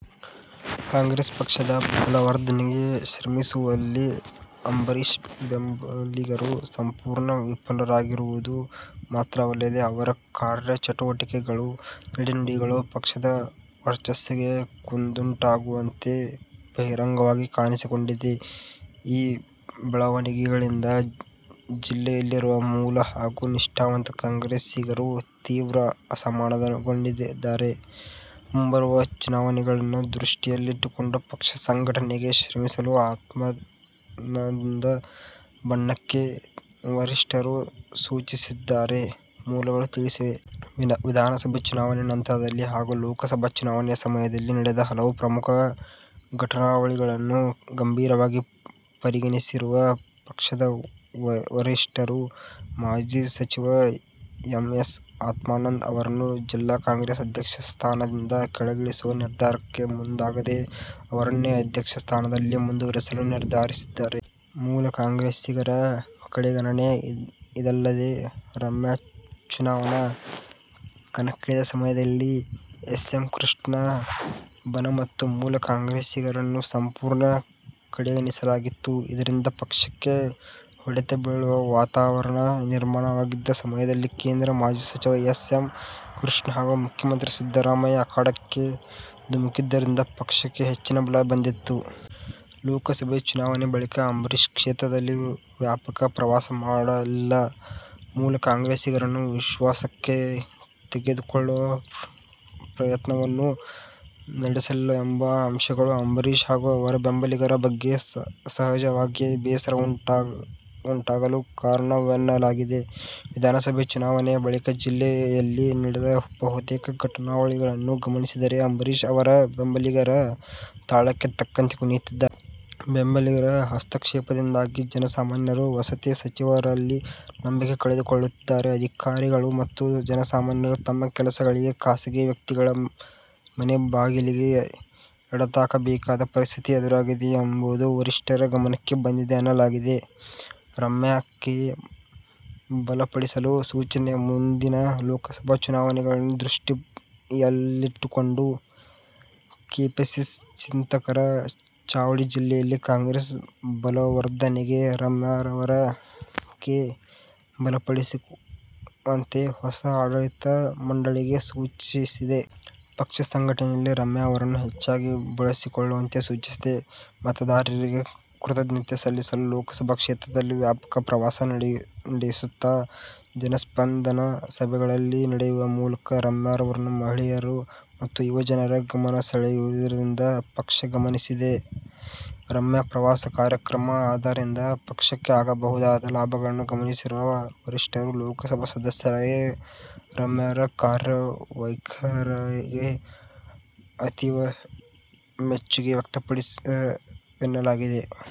ಕಾಂಗ್ರೆಸ್ ಪಕ್ಷದ ಬಲವರ್ಧನೆಗೆ ಶ್ರಮಿಸುವಲ್ಲಿ ಅಂಬರೀಶ್ ಬೆಂಬಲಿಗರು ಸಂಪೂರ್ಣ ವಿಫಲರಾಗಿರುವುದು ಮಾತ್ರವಲ್ಲದೆ, ಅವರ ಕಾರ್ಯಚಟುವಟಿಕೆಗಳು, ನಡೆ-ನುಡಿಗಳು ಪಕ್ಷದ ವರ್ಚಸ್ಸಿಗೆ ಕುಂದುಂಟಾಗುವಂತೆ ಬಹಿರಂಗವಾಗಿ ಕಾಣಿಸಿಕೊಂಡಿವೆ. ಈ ಬೆಳವಣಿಗೆಗಳಿಂದ ಜಿಲ್ಲೆಯಲ್ಲಿರುವ ಮೂಲ ಹಾಗೂ ನಿಷ್ಠಾವಂತ ಕಾಂಗ್ರೆಸ್ಸಿಗರು ತೀವ್ರ ಅಸಮಾಧಾನಗೊಂಡಿದ್ದಾರೆ. ಮುಂಬರುವ ಚುನಾವಣೆಗಳನ್ನು ದೃಷ್ಟಿಯಲ್ಲಿಟ್ಟುಕೊಂಡು ಪಕ್ಷ ಸಂಘಟನೆಗೆ ಶ್ರಮಿಸಲು ಆತ್ಮಾನಂದ ಬಣಕ್ಕೆ ವರಿಷ್ಠರು ಸೂಚಿಸಿದ್ದಾರೆಂದು ಮೂಲಗಳು ತಿಳಿಸಿವೆ. ವಿಧಾನಸಭೆ ಚುನಾವಣೆ ನಂತರದಲ್ಲಿ ಹಾಗೂ ಲೋಕಸಭಾ ಚುನಾವಣೆ ಸಮಯದಲ್ಲಿ ನಡೆದ ಹಲವು ಪ್ರಮುಖ ಘಟನಾವಳಿಗಳನ್ನು ಗಂಭೀರವಾಗಿ ಪರಿಗಣಿಸಿರುವ ಪಕ್ಷದ ವರಿಷ್ಠರು ಮಾಜಿ ಸಚಿವ ಎಂ. ಎಸ್. ಆತ್ಮಾನಂದ ಅವರನ್ನು ಜಿಲ್ಲಾ ಕಾಂಗ್ರೆಸ್ ಅಧ್ಯಕ್ಷ ಸ್ಥಾನದಿಂದ ಕೆಳಗಿಳಿಸುವ ನಿರ್ಧಾರಕ್ಕೆ ಮುಂದಾಗದೆ ಅವರನ್ನೇ ಅಧ್ಯಕ್ಷ ಸ್ಥಾನದಲ್ಲಿ ಮುಂದುವರೆಸಲು ನಿರ್ಧರಿಸಿದ್ದಾರೆ. ಮೂಲ ಕಾಂಗ್ರೆಸ್ಸಿಗರ ಕಡೆಗಣನೆ:ಇದಲ್ಲದೆ ರಮ್ಯಾ ಚುನಾವಣಾ ಕಣಕ್ಕಿಳಿದ ಸಮಯದಲ್ಲಿ ಎಸ್. ಎಂ. ಕೃಷ್ಣ ಬಣ ಮತ್ತು ಮೂಲ ಕಾಂಗ್ರೆಸ್ಸಿಗರನ್ನು ಸಂಪೂರ್ಣ ಕಡೆಗಣಿಸಲಾಗಿತ್ತು. ಇದರಿಂದ ಪಕ್ಷಕ್ಕೆ ಹೊಡೆತ ಬೀಳುವ ವಾತಾವರಣ ನಿರ್ಮಾಣವಾಗಿದ್ದ ಸಮಯದಲ್ಲಿ ಕೇಂದ್ರ ಮಾಜಿ ಸಚಿವ ಎಸ್. ಎಂ. ಕೃಷ್ಣ ಹಾಗೂ ಮುಖ್ಯಮಂತ್ರಿ ಸಿದ್ದರಾಮಯ್ಯ ಅಖಾಡಕ್ಕೆ ಧುಮುಕಿದ್ದರಿಂದ ಪಕ್ಷಕ್ಕೆ ಹೆಚ್ಚಿನ ಬಲ ಬಂದಿತು. ಲೋಕಸಭೆ ಚುನಾವಣೆ ಬಳಿಕ ಅಂಬರೀಶ್ ಕ್ಷೇತ್ರದಲ್ಲಿ ವ್ಯಾಪಕ ಪ್ರವಾಸ ಮಾಡಲಿಲ್ಲ. ಮೂಲ ಕಾಂಗ್ರೆಸ್ಸಿಗರನ್ನು ವಿಶ್ವಾಸಕ್ಕೆ ತೆಗೆದುಕೊಳ್ಳುವ ಪ್ರಯತ್ನವನ್ನೂ ನಡೆಸಲಿಲ್ಲವೆಂಬ ಅಂಶಗಳು ಅಂಬರೀಶ್ ಹಾಗೂ ಅವರ ಬೆಂಬಲಿಗರ ಬಗ್ಗೆ ಸಹಜವಾಗಿಯೇ ಬೇಸರ ಉಂಟಾಗಲು ಕಾರಣವೆನ್ನಲಾಗಿದೆ. ವಿಧಾನಸಬೆ ಚುನಾವಣೆ ಬಳಿಕ ಜಿಲ್ಲೆಯಲ್ಲಿ ನಡೆದ ಬಹುತೇಕ ಘಟನಾವಳಿಗಳನ್ನು ಗಮನಿಸಿದರೆ ಅಂಬರೀಶ್ ಅವರ ಬೆಂಬಲಿಗರ ತಾಳಕ್ಕೆ ತಕ್ಕಂತೆ ಕುಣಿಯುತ್ತಿದ್ದಾರೆ. ಬೆಂಬಲಿಗರ ಹಸ್ತಕ್ಷೇಪದಿಂದಾಗಿ ಜನಸಾಮಾನ್ಯರು ವಸತಿ ಸಚಿವರಲ್ಲಿ ನಂಬಿಕೆ ಕಳೆದುಕೊಳ್ಳುತ್ತಿದ್ದಾರೆ. ಅಧಿಕಾರಿಗಳು ಮತ್ತು ಜನಸಾಮಾನ್ಯರು ತಮ್ಮ ಕೆಲಸಗಳಿಗೆ ಖಾಸಗಿ ವ್ಯಕ್ತಿಗಳ ಮನೆ ಬಾಗಿಲಿಗೆ ಎಡತಾಕಬೇಕಾದ ಪರಿಸ್ಥಿತಿ ಎದುರಾಗಿದೆ ಎಂಬುದು ವರಿಷ್ಠರ ಗಮನಕ್ಕೆ ಬಂದಿದೆ ಎನ್ನಲಾಗಿದೆ. ರಮ್ಯಾ ಕೈ ಬಲಪಡಿಸಲು ಸೂಚನೆ:ಮುಂದಿನ ಲೋಕಸಭಾ ಚುನಾವಣೆಯನ್ನು ದೃಷ್ಟಿಯಲ್ಲಿಟ್ಟುಕೊಂಡು ಕೆಪಿಸಿಸಿ ಚಿಂತಕರ ಚಾವಡಿ ಜಿಲ್ಲೆಯಲ್ಲಿ ಕಾಂಗ್ರೆಸ್ ಬಲವರ್ಧನೆಗೆ ರಮ್ಯಾರವರ ಕೈ ಬಲಪಡಿಸುವಂತೆ ಹೊಸ ಆಡಳಿತ ಮಂಡಳಿಗೆ ಸೂಚಿಸಿದೆ. ಪಕ್ಷ ಸಂಘಟನೆಯಲ್ಲಿ ರಮ್ಯಾ ಅವರನ್ನು ಹೆಚ್ಚಾಗಿ ಬಳಸಿಕೊಳ್ಳುವಂತೆ ಸೂಚಿಸಿದೆ. ಮತದಾರರಿಗೆ ಕೃತಜ್ಞತೆ ಸಲ್ಲಿಸಲು ಲೋಕಸಬಾ ಕ್ಷೇತ್ರದಲ್ಲಿ ವ್ಯಾಪಕ ಪ್ರವಾಸ ನಡೆಸುತ್ತಾ, ಜನಸ್ಪಂದನ ಸಭೆಗಳನ್ನು ನಡೆಸುವ ಮೂಲಕ ರಮ್ಯಾರವರು ಮಹಿಳೆಯರು ಮತ್ತು ಯುವ ಜನರ ಗಮನಸೆಳೆಯುತ್ತಿರುವುದನ್ನು ಪಕ್ಷ ಗಮನಿಸಿದೆ. ರಮ್ಯಾ ಪ್ರವಾಸ ಕಾರ್ಯಕ್ರಮ, ಅದರಿಂದ ಪಕ್ಷಕ್ಕೆ ಆಗಬಹುದಾದ ಲಾಭಗಳನ್ನು ಗಮನಿಸಿರುವ ವರಿಷ್ಠರು ಲೋಕಸಭಾ ಸದಸ್ಯರಾಗಿ ರಮ್ಯಾರ ಕಾರ್ಯವೈಖರಿಗೆ ಅತೀವ ಮೆಚ್ಚುಗೆ ವ್ಯಕ್ತಪಡಿಸಿದ್ದಾರೆನ್ನಲಾಗಿದೆ.